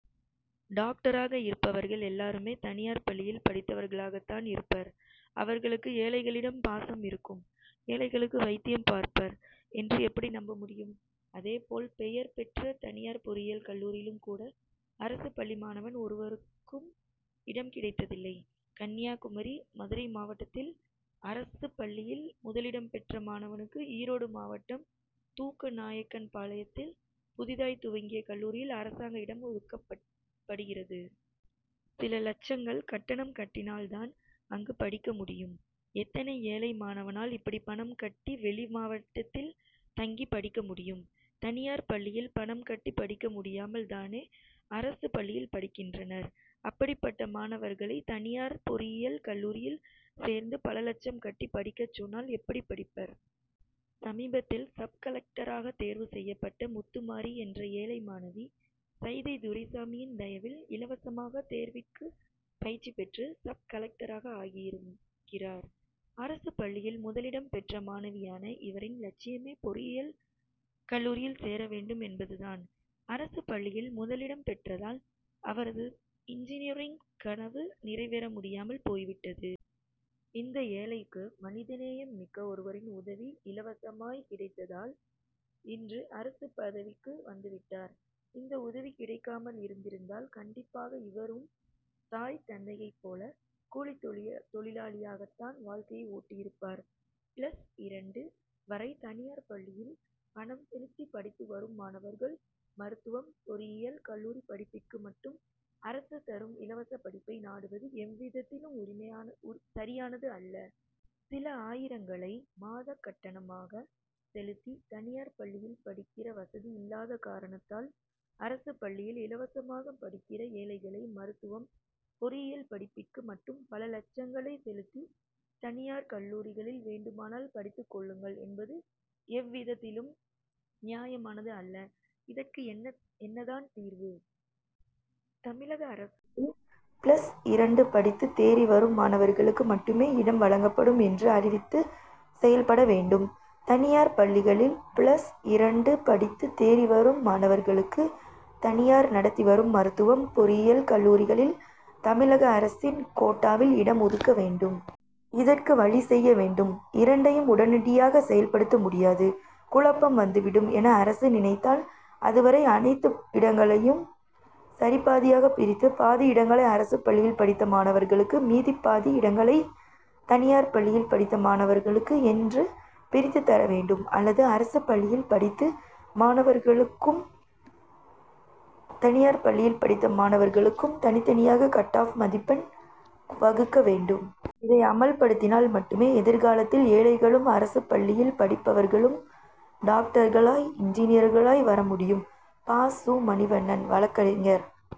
டாக்டராக இருப்பவர்கள் எல்லாருமே, தனியார் பள்ளியில் படித்தவர்களாகத்தான் இருப்பர். அவர்களுக்கு ஏழைகளிடம் பாசம் இருக்கும், ஏழைகளுக்கு வைத்தியம் பார்ப்பர் என்று எப்படி நம்ப முடியும்? அதே போல், பெயர் பெற்ற தனியார் பொறியியல் கல்லூரியிலும் கூட, அரசுப் பள்ளி மாணவன் ஒருவருக்கும் இடம் கிடைத்ததில்லை. கன்னியாகுமரி, மதுரை மாவட்டத்தில், அரசுப் பள்ளியில் முதலிடம் பெற்ற மாணவனுக்கு, ஈரோடு மாவட்டம் தூக்க நாயக்கன்பாளையத்தில் புதிதாய் துவங்கிய கல்லூரியில் அரசாங்க இடம் ஒதுக்கப்படுகிறது. சில லட்சங்கள் கட்டணம் கட்டினால் தான், அங்கு படிக்க முடியும். எத்தனை ஏழை மாணவனால் இப்படி பணம் கட்டி, வெளி மாவட்டத்தில் தங்கி படிக்க முடியும்? தனியார் பள்ளியில் பணம் கட்டி படிக்க முடியாமல் தானே, அரசு பள்ளியில் படிக்கின்றனர். அப்படிப்பட்ட மாணவர்களை தனியார் பொறியியல் கல்லூரியில் சேர்ந்து, பல லட்சம் கட்டி படிக்கச் சொன்னால் எப்படி படிப்பர்? சமீபத்தில், சப்-கலெக்டராக தேர்வு செய்யப்பட்ட முத்துமாரி என்ற ஏழை மாணவி, சைதை துரைசாமியின் தயவில், இலவசமாக தேர்விற்கு பயிற்சி பெற்று சப்-கலெக்டராக ஆகியிருக்கிறார். அரசுப் பள்ளியில் முதலிடம் பெற்ற மாணவியான இவரின் லட்சியமே பொறியியல் கல்லூரியில் சேர வேண்டும் என்பது தான். அரசுப் பள்ளியில் முதலிடம் பெற்றதால், அவரது இன்ஜினியரிங் கனவு நிறைவேற முடியாமல் போய்விட்டது. இந்த ஏழைக்கு, மனித நேயம் மிக்க ஒருவரின் உதவி இலவசமாய் கிடைத்ததால், இன்று அரசுப் பதவிக்கு வந்துவிட்டார். இந்த உதவி கிடைக்காமல் இருந்திருந்தால் கண்டிப்பாக இவரும் தாய், தந்தையைப் போல, கூலித் தொழிலாளியாகத் தான் வாழ்க்கையை ஓட்டியிருப்பர். பிளஸ் இரண்டு வரை தனியார் பள்ளியில் பணம் செலுத்தி படித்து வரும் மாணவர்கள், மருத்துவம், பொறியியல் கல்லூரி படிப்பிற்கு மட்டும், அரசு தரும் இலவச படிப்பை நாடுவது எவ்விதத்திலும் சரியானது அல்ல. சில ஆயிரங்களை மாதக் கட்டணமாக செலுத்தி, தனியார் பள்ளியில் படிக்கிற வசதி இல்லாத காரணத்தால் அரசுப் பள்ளியில் இலவசமாக படிக்கிற ஏழைகளை மருத்துவம், பொறியியல் படிப்பிற்கு மட்டும், பல லட்சங்களை செலுத்தி, தனியார் கல்லூரிகளில் வேண்டுமானால் படித்துக் கொள்ளுங்கள் என்பது எவ்விதத்திலும் நியாயமானது அல்ல. இதற்கு என்ன தான் தீர்வு? தமிழக அரசு நடத்தும் மருத்துவம், பொறியியல் கல்லூரிகளில் அரசுப் பள்ளியில் பிளஸ் இரண்டு படித்து தேறி வரும் மாணவர்களுக்கு மட்டுமே இடம் வழங்கப்படும் என்று அறிவித்து செயல்பட வேண்டும். தனியார் பள்ளிகளில் பிளஸ் இரண்டு படித்து தேறி வரும் மாணவர்களுக்கு தனியார் நடத்தி வரும் மருத்துவம், பொறியியல் கல்லூரிகளில், தமிழக அரசின் கோட்டாவில் இடம் ஒதுக்க வேண்டும். அதற்கு வழி செய்ய வேண்டும். இரண்டையும் உடனடியாக செயல்படுத்த முடியாது. குழப்பம் வந்துவிடும் என அரசு நினனத்தால், அதுவரை, அனைத்து இடங்களையும் சரிபாதியாக பிரித்து, பாதி இடங்களை அரசுப் பள்ளியில் படித்த மாணவர்களுக்கு, மீதிப் பாதி இடங்களை தனியார் பள்ளியில் படித்த மாணவர்களுக்கு என்று பிரித்து தர வேண்டும் அல்லது அரசுப் பள்ளியில் படித்த மாணவர்களுக்கும், தனியார் பள்ளியில் படித்த மாணவர்களுக்கும் தனித்தனியாக கட்-ஆப் மதிப்பெண் வகுக்க வேண்டும். இதை அமல்படுத்தினால் மட்டுமே, எதிர்காலத்தில் ஏழைகளும், அரசுப் பள்ளியில் படிப்பவர்களும், டாக்டர்களாய், இன்ஜினியர்களாய் வர முடியும். பா. சு. மணிவண்ணன்- வழக்கறிஞர்